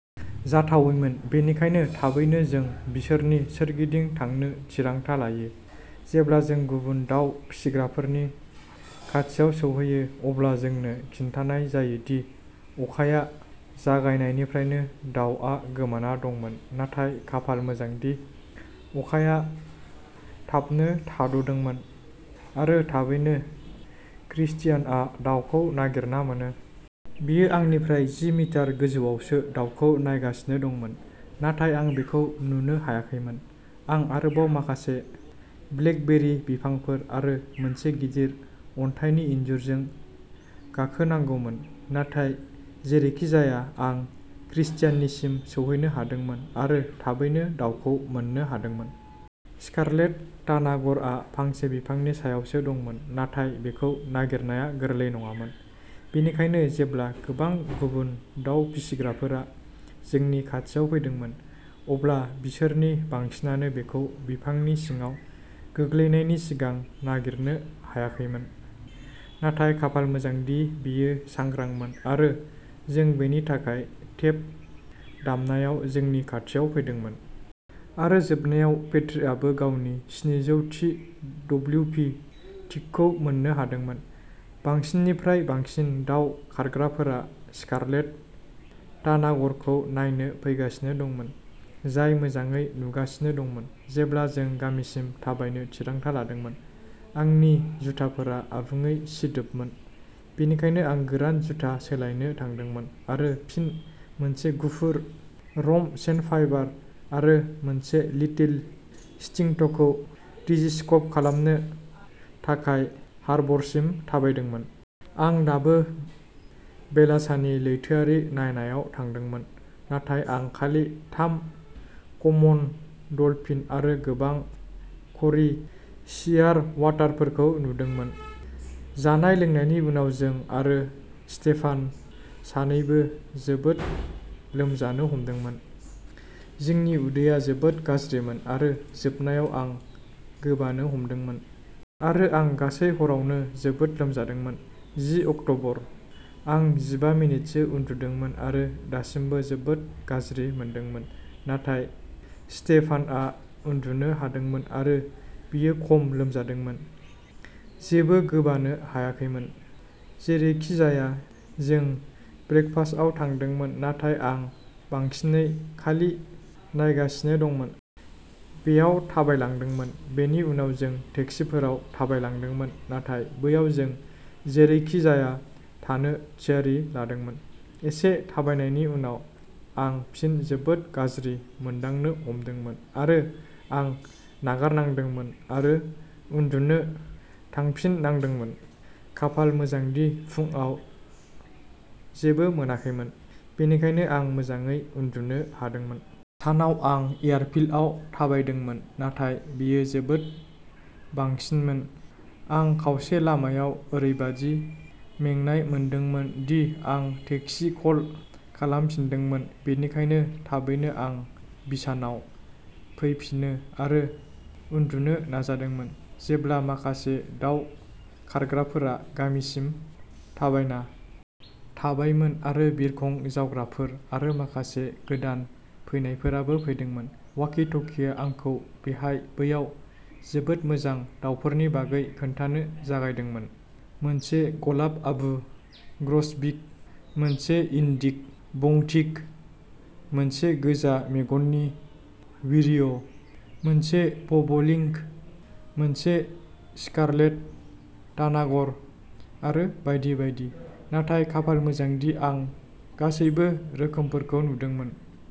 जाथावैमोन, बेनिखायनो थाबैनो जों बिसोरनि सोरगिदिं थांनो थिरांथा लायो। जेब्ला जों गुबुन दाउ फिसिग्राफोरनि खाथियाव सौहैयो, अब्ला जोंनो खिन्थानाय जायो दि अखाया जागायनायनिफ्रायनो दाउआ गोमाना दंमोन, नाथाय खाफाल मोजांदि अखाया थाबनो थाद'दोंमोन। आरो थाबैनो क्रिस्टियानआ दाउखौ नागिरना मोनो। बियो आंनिफ्राय जि मिटार गोजौआवसो दाउखौ नायगासिनो दंमोन, नाथाय आं बेखौ नुनो हायाखैमोन। आं आरोबाव माखासे ब्लेकबेरी बिफांफोर आरो मोनसे गिदिर अन्थाइनि इनजुरजों गाखोनांगौमोन, नाथाय जेरैखिजाया आं क्रिस्टियानसिम सौहैनो हादोंमोन आरो थाबैनो दाउखौ मोन्नो हादोंमोन। स्कारलेट तानागरआ फांसे बिफांनि सायावसो दंमोन नाथाय बेखौ नागिरनाया गोरलै नङामोन, बेनिखायनो जेब्ला गोबां गुबुन दाउ फिसिग्राफोरा जोंनि खाथियाव फैदोंमोन, अब्ला बिसोरनि बांसिनानो बेखौ बिफांनि सिङाव गोग्लैनायनि सिगां नागिरनो हायाखैमोन। नाथाय खाफाल मोजांदि बेयो सांग्रांमोन आरो जों बेनि थाखाय टेप दामनायाव जोंनि खाथियाव फैदोंमोन। आरो जोबनायाव पेट्रीआबो गावनि स्निजौ थि डब्लिउपि टिकखौ मोन्नो हादोंमोन। बांसिननिफ्राय बांसिन दाव खारग्राफोरा स्कारलेट तानागरखौ नायनो फैगासिनो दंमोन, जाय मोजाङै नुजागासिनो दंमोन, जेब्ला जों गामिसिम थाबायनो थिरांथा लादोंमोन। आंनि जुथाफोरा आबुङै सिदोबमोन, बेनिखायनो आं गोरान जुथा सोलायनो थांदोंमोन आरो फिन मोनसे गुफुर रम्प सेन्डपाइपार आरो मोनसे लिटिल स्टिंटखौ डिजिस्क'प खालामनो थाखाय हार्बरसिम थाबायदोंमोन। आं दाबो बेलासानि लैथोआरि नायनायाव थांदोंमोन नाथाय आं खालि थाम कमन डलफिन आरो गोबां क'री शियारवाटारफोरखौ नुदोंमोन। जानाय-लोंनायनि उनाव जों आरो स्टेफान सानैबो जोबोद लोमजानो हमदोंमोन। जोंनि उदैया जोबोद गाज्रिमोन आरो जोबनायाव आं गोबानो हमदोंमोन। आरो आं गासै हरावनो जोबोद लोमजादोंमोन जि अक्ट'बर। आं जिबा मिनिटसो उन्दुदोंमोन आरो दासिमबो जोबोद गाज्रि मोनदोंमोन नाथाय स्टेफानआ उन्दुनो हादोंमोन आरो बियो खम लोमजादोंमोन, जेबो गोबानो हायाखैमोन। जेरैखिजाया जों ब्रेकफास्टआव थांदोंमोन नाथाय आं बांसिनै खालि नायगासिनो दंमोन। बेयाव थाबायलांदोंमोन। बेनि उनाव जों टेक्सिफोराव थाबायलांदोंमोन नाथाय बैयाव जों जेरैखिजाया थानो थिरांथा लादोंमोन। एसे थाबायनायनि उनाव, आं फिन जोबोद गाज्रि मोनदांनो हमदोंमोन आरो आं नागारनांदोंमोन आरो उन्दुनो थांफिननांदोंमोन। खाफाल मोजां दि फुंआव जेबो मोनाखैमोन, बेनिखायनो आं मोजाङै उन्दुनो हादोंमोन। सानाव आं एयारफील्डआव थाबायदोंमोन नाथाय बेयो जोबोद बांसिनमोन। आं खावसे लामायाव ओरैबादि मेंनाय मोनदोंमोन दि आं टेक्सि कल खालामफिनदोंमोन बेनिखायनो थाबैनो आं बिसानाव फैफिनो आरो उन्दुनो नाजादोंमोन। जेब्ला माखासे दाव खारग्राफोरा गामिसिम थाबायना थांबायमोन आरो बिरखं-जावग्राफोर आरो माखासे गोदान फैनायफोराबो फैदोंमोन, वाकि-टकिआ आंखौ बेहाय-बैयाव जोबोद मोजां दावफोरनि बागै खोन्थानो जागायदोंमोन, मोनसे गलाब आबु ग्रसबिक, मोनसे इन्डिग'बंटिंग, मोनसे गोजा-मेगननि विरिय', मोनसे बब'लिंक, मोनसे स्कारलेट तानागर आरो बायदि बायदि, नाथाय खाफाल मोजांदि आं गासैबो रोखोमफोरखौ नुदोंमोन।